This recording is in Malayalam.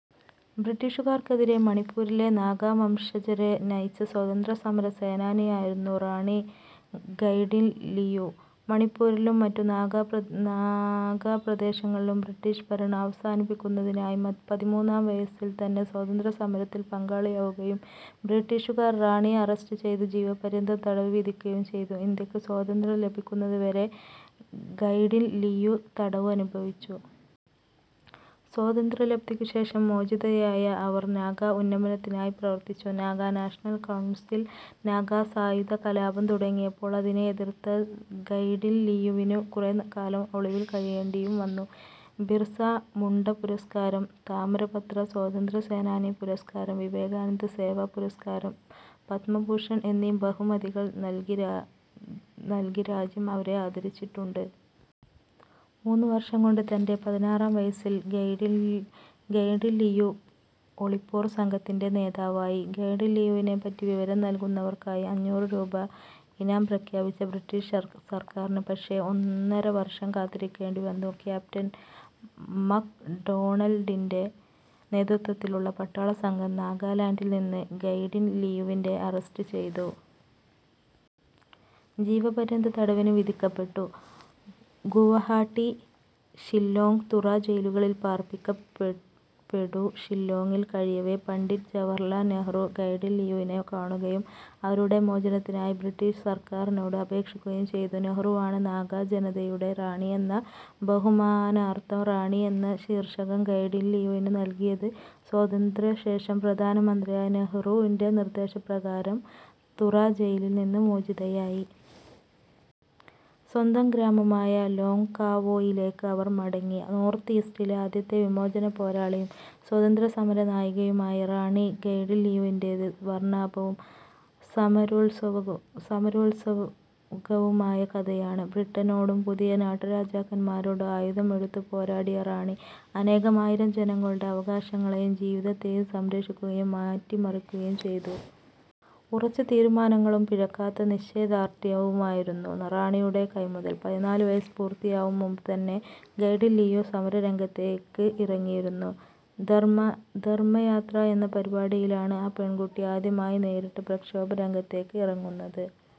ബ്രിട്ടീഷുകാർക്കെതിരെ മണിപ്പൂരിലെ നാഗാ വംശജരെ നയിച്ച സ്വാതന്ത്ര്യ സമര സേനാനിയായിരുന്നു റാണി ഗൈഡിൻലിയു. മണിപ്പൂരിലും മറ്റു നാഗാ പ്രദേശങ്ങളിലും ബ്രിട്ടീഷ് ഭരണം അവസാനിപ്പിക്കുന്നതിനായി പതിമൂന്നാം വയസ്സിൽ തന്നെ സ്വാതന്ത്ര്യ സമരത്തിൽ പങ്കാളിയാവുകയും, ബ്രിട്ടീഷുകാർ റാണിയെ അറസ്റ്റ് ചെയ്തു ജീവപര്യന്തം തടവ് വിധിക്കുകയും ചെയ്തു. ഇന്ത്യക്ക് സ്വാതന്ത്ര്യം ലഭിക്കുന്നത് വരെ ഗൈഡിൻലിയു തടവനുഭവിച്ചു. സ്വാതന്ത്ര്യലബ്ധിക്കു ശേഷം മോചിതയായ അവർ നാഗ ഉന്നമനത്തിനായി പ്രവർത്തിച്ചു. നാഗാ നാഷണൽ കൌൺസിൽ നാഗാ സായുധകലാപം തുടങ്ങിയാപ്പോൾ അതിനെ എതിർത്ത ഗൈഡിൻലിയുവിനു കുറെ കാലം ഒളിവിൽ കഴിയേണ്ടിയും വന്നു. ബിർസാ മുണ്ട പുരസ്കാരം, താമരപത്ര സ്വാതന്ത്ര്യ സേനാനി പുരസ്കാരം, വിവേകാനന്ദ സേവാ പുരസ്കാരം, പദ്മഭൂഷൺ എന്നീ ബഹുമതികൾ നൽകി രാജ്യം അവരെ ആദരിച്ചിട്ടുണ്ട്. മൂന്നു വർഷം കൊണ്ട് തൻ്റെ പതിനാറാം വയസിൽ ഗൈഡിൻലിയു ഒളിപോർ സംഘത്തിൻ്റെ നേതാവായി. ഗൈഡിൻലിയുവിനെ പറ്റി വിവരം നൽകുന്നവർക്കായി അഞ്ഞൂറ് രൂപ ഇനാം പ്രഖ്യാപിച്ച ബ്രിട്ടീഷ് സർക്കാരിന് പക്ഷെ ഒന്നര വർഷം കാത്തിരിക്കേണ്ടിവന്നു. ക്യാപ്റ്റൻ മക് ഡോണൽഡിൻ്റെ നേതൃത്ത്വത്തിലുള്ള പട്ടാള സംഘം നാഗാലാൻഡിൽ നിന്ന് ഗൈഡിൻലിയുവിനെ അറസ്റ്റ് ചെയ്തു. ജീവപര്യന്തതടവിനു വിധിക്കപ്പെട്ടു. ഗുവഹാട്ടി, ഷില്ലോങ്ങ്, തുറാ ജയിലുകളിൽ പാർപ്പിക്കപ്പെടു. ഷില്ലോങ്ങിൽ കഴിയവെ പണ്ഡിറ്റ് ജവഹർലാൽ നെഹ്റു ഗൈഡിൻലിയുവിനെ കാണുകയും അവരുടെ മോചനത്തിനായി ബ്രിട്ടീഷ് സർക്കാരിനോട് അപേക്ഷിക്കുകയും ചെയ്തു. നെഹ്റുവാണ് നാഗാ ജനതയുടെ റാണി എന്ന ബഹുമാനാർഥം 'റാണി' എന്ന ശീർഷകം ഗൈഡിൻലിയുവിനു നൽകിയത്. സ്വാതന്ത്ര്യ ശേഷം പ്രധാന മന്ത്രിയായ നെഹ്റുൻ്റെ നിർദ്ദേശപ്രകാരം തുറാ ജയിലിൽ നിന്ന് മോചിതയായി. സ്വന്തം ഗ്രാമമായ ലോങ്ങ്കാവോയിലേക്ക് അവർ മടങ്ങി. നോർത്ത് ഈസ്റ്റിലെ ആദ്യത്തെ വിമോചന പോരാളിയും സ്വാതന്ത്യ സമര നായികയുമായ റാണി ഗൈഡിൻലിയുവിൻ്റേത് വർണാഭവും സമരോത്സുകവുമായ കഥയാണ്, ബ്രിട്ടനോടും പുതിയ നാട്ട് രാജാക്കന്മാരോടും ആയുധം എടുത്ത് പോരാടിയ റാണി അനേകമായിരം ജനങ്ങളുടെ അവകാശങ്ങളേയും ജീവിതത്തേയും സംരക്ഷിക്കുകയും മാറ്റി മറിക്കുകയും ചെയ്തു. ഉറച്ച തീരുമാനങ്ങളും പിഴക്കാത്ത നിശ്ചയ ദാർഢ്യവുമായിരുന്നു റാണിയുടെ കൈമുതൽ, പതിനാല് വയസ്സ് പൂർത്തിയാവും മുമ്പ് തന്നെ ഗൈഡിൻ ലിയു സമര രംഗത്തേക്ക് ഇറങ്ങിയിരുന്നു, ധർമ്മയാത്ര എന്ന പരിപാടിയിലാണ് ആ പെൺകുട്ടി ആദ്യമായി നേരിട്ട് പ്രക്ഷോഭ രംഗത്തേക്ക് ഇറങ്ങുന്നത്.